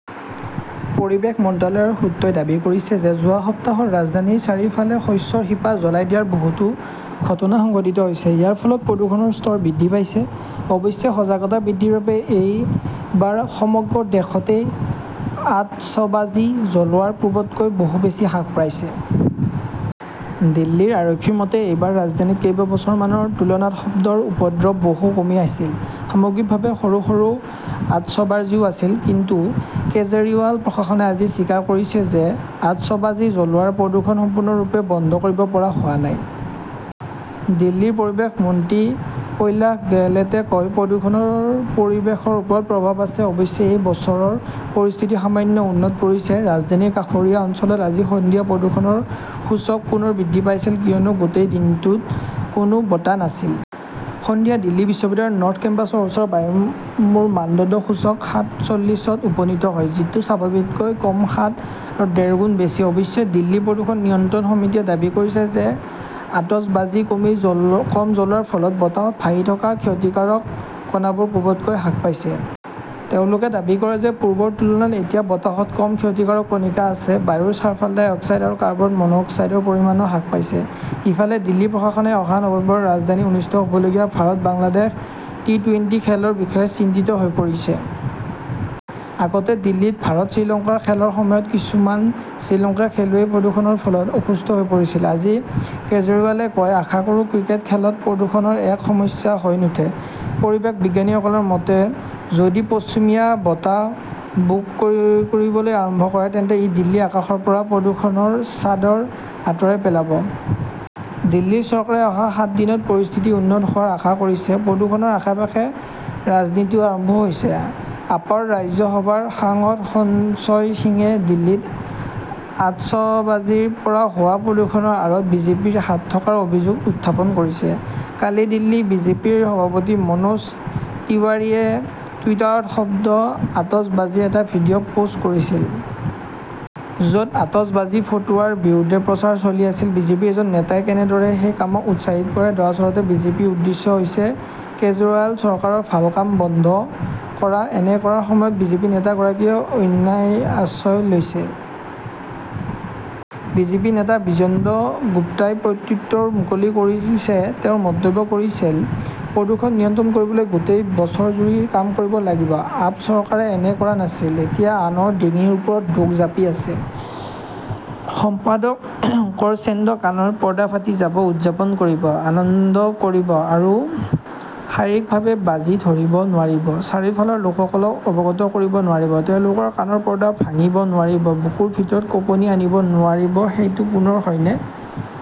পৰিৱেশ মন্ত্ৰালয়ৰ সূত্ৰই দাবী কৰিছে যে যোৱা সপ্তাহত ৰাজধানীৰ চাৰিওফালে শস্যৰ শিপা জ্বলাই দিয়াৰ বহুতো ঘটনা সংঘটিত হৈছে। ইয়াৰ ফলত প্ৰদূষণৰ স্তৰ বৃদ্ধি পাইছে। অৱশ্যে, সজাগতা বৃদ্ধিৰ বাবে এইবাৰ সমগ্ৰ দেশতে আতচবাজি জ্বলোৱা পূৰ্বতকৈ বহু বেছি হ্ৰাস পাইছে। দিল্লী আৰক্ষীৰ মতে, এইবাৰ ৰাজধানীত কেইবছৰমানৰ তুলনাত শব্দৰ উপদ্ৰৱ বহু কমি আহিছিল। সামগ্ৰিকভাৱে সৰু সৰু আতচবাজিও আছে। কিন্তু কেজৰিৱাল প্ৰশাসনে আজি স্বীকাৰ কৰিছে যে আতচবাজী জ্বলোৱাৰ প্ৰদূষণ সম্পূৰ্ণৰূপে বন্ধ কৰিব পৰা হোৱা নাই। দিল্লীৰ পৰিৱেশ মন্ত্ৰী কৈলাশ গেহলেটে কয়, "প্ৰদূষণৰ পৰিৱেশৰ ওপৰত প্ৰভাৱ আছে। অৱশ্যে, এই বছৰৰ পৰিস্থিতি সামান্য উন্নত কৰিছে। "ৰাজধানীৰ কাষৰীয়া অঞ্চলত আজি সন্ধিয়া প্ৰদূষণৰ সূচক পুনৰ বৃদ্ধি পাইছিল কিয়নো গোটেই দিনটো কোনো বতাহ নাছিল। সন্ধিয়া দিল্লী বিশ্ববিদ্যালয়ৰ নৰ্থ কেম্পাছৰ ওচৰৰ বায়ুৰ মানদণ্ড সূচক সাত চল্লিছত উপনীত হয়। যিটো স্বাভাৱিকতকৈ কম সাত আৰু ডেৰ গুণ বেছি। অৱশ্যে, দিল্লী প্ৰদূষণ নিয়ন্ত্ৰণ সমিতিয়ে দাবী কৰিছে যে আতচবাজি কম জ্বলোৱাৰ ফলত বতাহত ভাহি থকা ক্ষতিকাৰক কণাবোৰ পূৰ্বতকৈ হ্ৰাস পাইছে। তেওঁলোকে দাবী কৰে যে পূৰ্বৰ তুলনাত এতিয়া বতাহত কম ক্ষতিকাৰক কণিকা আছে। বায়ুৰ ছালফাৰ ডাই অক্সাইড আৰু কাৰ্বন মনো অক্সাইডৰ পৰিমাণও হ্ৰাস পাইছে। ইফালে, দিল্লী প্ৰশাসনে অহা নৱেম্বৰত ৰাজধানীত অনুষ্ঠিত হ'বলগীয়া ভাৰত-বাংলাদেশ টি-টোৱেন্টি খেলৰ বিষয়ে চিন্তিত হৈ পৰিছে। আগতে দিল্লীত ভাৰত-শ্ৰীলংকাৰ খেলৰ সময়ত কিছুমান শ্ৰীলংকাৰ খেলুৱৈ প্ৰদূষণৰ ফলত অসুস্থ হৈ পৰিছিল। আজি কেজৰিৱালে কয়, "আশা কৰোঁ ক্ৰিকেট খেলত প্ৰদূষণৰ এক সমস্যা হৈ নুঠে। পৰিৱেশ বিজ্ঞানীসকলৰ মতে, যদি পশ্চিমীয়া বতাহ বুক কৰিবলৈ আৰম্ভ কৰে তেন্তে ই দিল্লীৰ আকাশৰ পৰা প্ৰদূষণৰ চাদৰ আঁতৰাই পেলাব। দিল্লী চৰকাৰে অহা সাত দিনত পৰিস্থিতি উন্নত হোৱাৰ আশা কৰিছে। প্ৰদূষণৰ আশে-পাশে ৰাজনীতিও আৰম্ভ হৈছে। আপৰ ৰাজ্যসভাৰ সাংসদ সঞ্জয় সিঙে দিল্লীত আতচবাজিৰ পৰা হোৱা প্ৰদূষণৰ আঁৰত বিজেপিৰ হাত থকাৰ অভিযোগ উত্থাপন কৰিছে। কালি দিল্লী বিজেপিৰ সভাপতি মনোজ তিৱাৰীয়ে টুইটাৰত শব্দ আতচবাজিৰ এটা ভিডিঅ পোষ্ট কৰিছিল। য'ত আতচবাজি ফটুৱাৰ বিৰুদ্ধে প্ৰচাৰ চলি আছে, বিজেপিৰ এজন নেতাই কেনেদৰে সেই কামক উৎসাহিত কৰে! দৰাচলতে, বিজেপিৰ উদ্দেশ্য হৈছে কেজৰিৱাল চৰকাৰৰ ভাল কাম বন্ধ কৰা। এনে কৰাৰ সময়ত বিজেপি নেতা গৰাকীয়ে অন্যায় আশ্ৰয় লৈছে। বিজেপি নেতা বিজেন্দ্ৰ গুপ্তাই প্ৰত্যুত্তৰ মুকলি কৰি দিছে। তেওঁ মন্তব্য কৰিছে, "প্ৰদূষণ নিয়ন্ত্ৰণ কৰিবলৈ গোটেই বছৰজুৰি কাম কৰিব লাগিব। আপ চৰকাৰে এনে কৰা নাছিল। এতিয়া আনৰ ডিঙিৰ ওপৰত দোষ জাপি আছে।" সম্পাদক কৰচেশু কাণৰ পৰ্দা ফাটি যাব উদযাপন কৰিব, আনন্দ কৰিব, আৰু শাৰীৰিকভাৱে বাজি ধৰিব নোৱাৰিব, চাৰিওফালৰ লোকসকলক অৱগত কৰিব নোৱাৰিব, তেওঁলোকৰ কাণৰ পৰ্দা ভাঙিব নোৱাৰিব, বুকুৰ ভিতৰত কঁপনি আনিব নোৱাৰিব-সেইটো পুনৰ হয়নে?